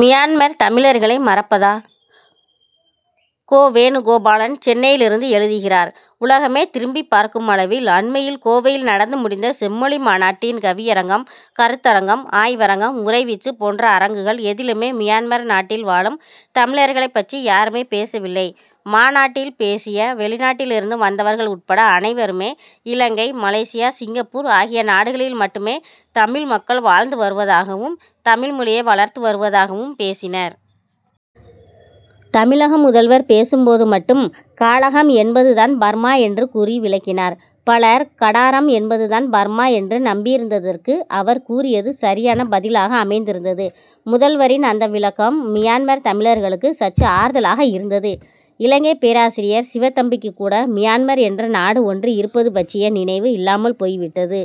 Myanmar தமிழர்களை மறப்பதா? கோ. வேணுகோபாலன், சென்னையிலிருந்து எழுதுகிறார் உலகமே திரும்பிப் பார்க்குமளவில், அண்மையில் கோவையில் நடந்து முடிந்த செம்மொழி மாநாட்டின் கவியரங்கம், கருத்தரங்கம், ஆய்வரங்கம் உரை வீச்சு போன்ற அரங்குகள் எதிலுமே, மியன்மார் நாட்டில் வாழும் தமிழர்களைப் பற்றி யாருமே பேசவில்லை. மாநாட்டில் பேசிய, வெளிநாட்டிலிருந்து வந்தவர்கள் உட்பட அனைவருமே, இலங்கை, மலேசியா, சிங்கப்பூர் ஆகிய நாடுகளில் மட்டுமே தமிழ் மக்கள் வாழ்ந்து வருவதாகவும், தமிழ்மொழியை வளர்த்து வருவதாகவும் பேசினர். தமிழக முதல்வர் பேசும் போது மட்டும், காழகம்' என்பது தான் பர்மா என்று கூறி விளக்கினார். பலர், கடாரம்' என்பது தான் பர்மா என்று நம்பியிருந்ததற்கு, அவர் கூறியது சரியான பதிலாக அமைந்திருந்தது. முதல்வரின் அந்த விளக்கம், மியன்மார் தமிழர்களுக்கு சற்று ஆறுதலாக இருந்தது. இலங்கைப் பேராசிரியர் சிவத்தம்பிக்குக் கூட, மியன்மார்' என்ற நாடு ஒன்று இருப்பது பற்றிய நினைவு இல்லாமல் போய்விட்டது.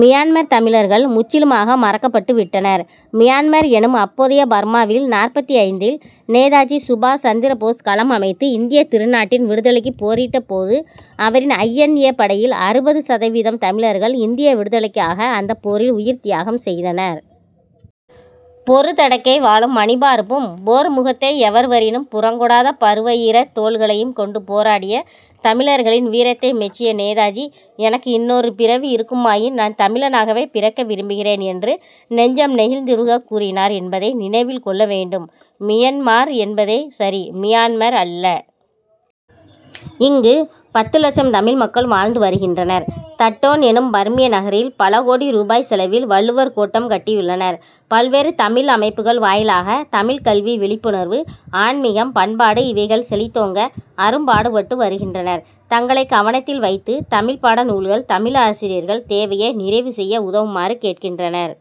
மியன்மார் தமிழர்கள், முற்றிலுமாக மறக்கப்பட்டுவிட்டனர். மியன்மார்' எனும் அப்போதைய பர்மா'வில், நாற்பத்தைந்தில், நேதாஜி சுபாஷ் சந்திரபோஸ் களம் அமைத்து, இந்தியத் திருநாட்டின் விடுதலைக்குப் போரிட்ட போது, அவரின் ஐ. என். ஏ., படையில், அறுபது சதவீதம் தமிழர்கள், இந்திய விடுதலைக்காக, அந்தப் போரில் உயிர்த்தியாகம் செய்தனர். பொருதடக்கை வாளும் மணிமார்பும் போர் முகத்தே எவர்வரினும் புறங்கொடாத பருவயிரத் தோள்களையும் கொண்டு போராடிய தமிழர்களின் வீரத்தை மெச்சிய நேதாஜி எனக்கு இன்னொரு பிறவி இருக்குமாயின் நான் தமிழனாகவே பிறக்க விரும்புகிறேன் என்று நெஞ்சம் நெகிழ்ந்துருகக் கூறினார் என்பதை நினைவில் கொள்ள வேண்டும். மியன்மார் என்பதே சரி மியான்மர் அல்ல. இங்கு பத்து லட்சம் தமிழ் மக்கள் வாழ்ந்து வருகின்றனர். தட்டோன் எனும் பர்மிய நகரில் பல கோடி ரூபாய் செலவில் வள்ளுவர் கோட்டம் கட்டியுள்ளனர். பல்வேறு தமிழ் அமைப்புகள் வாயிலாக தமிழ்க் கல்வி விழிப்புணர்வு ஆன்மிகம் பண்பாடு இவைகள் செழித்தோங்க அரும்பாடுபட்டு வருகின்றனர். தங்களைக் கவனத்தில் வைத்து தமிழ்ப்பாட நூல்கள் தமிழாசிரியர்கள் தேவையை நிறைவு செய்ய உதவுமாறு கேட்கின்றனர்.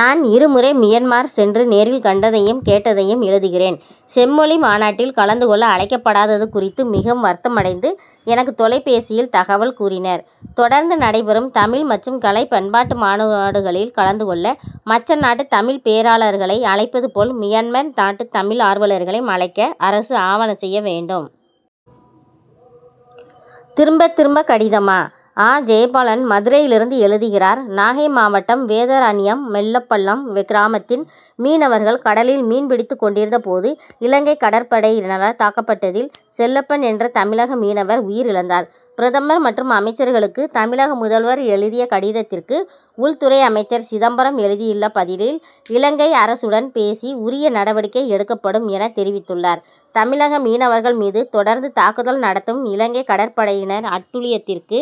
நான் இருமுறை மியன்மார் சென்று நேரில் கண்டதையும் கேட்டதையும் எழுதுகிறேன். செம்மொழி மாநாட்டில் கலந்து கொள்ள அழைக்கப்படாதது குறித்து மிகவும் வருத்தமடைந்து எனக்கு தொலைபேசியில் தகவல் கூறினர். தொடர்ந்து நடைபெறும் தமிழ் மற்றும் கலை பண்பாட்டு மாநாடுகளில் கலந்து கொள்ள மற்ற நாட்டுத் தமிழ்ப் பேராளர்களை அழைப்பது போல் மியன்மார் நாட்டுத் தமிழ் ஆர்வலர்களையும் அழைக்க அரசு ஆவன செய்ய வேண்டும். திரும்ப திரும்ப கடிதமா அ. ஜெயபாலன் மதுரையிலிருந்து எழுதுகிறார் நாகை மாவட்டம் வேதாரண்யம் வெள்ளப்பள்ளம் கிராமத்தின் மீனவர்கள் கடலில் மீன் பிடித்து கொண்டிருந்த போது, இலங்கை கடற்படையினரால் தாக்கப்பட்டதில் செல்லப்பன் என்ற தமிழக மீனவர் உயிரிழந்தார். பிரதமர் மற்றும் அமைச்சர்களுக்கு தமிழக முதல்வர் எழுதிய கடிதத்திற்கு உள்துறை அமைச்சர் சிதம்பரம் எழுதியுள்ள பதிலில் இலங்கை அரசுடன் பேசி உரிய நடவடிக்கை எடுக்கப்படும் என தெரிவித்துள்ளார். தமிழக மீனவர்கள் மீது தொடர்ந்து தாக்குதல் நடத்தும் இலங்கை கடற்படையினர் அட்டூழியத்திற்கு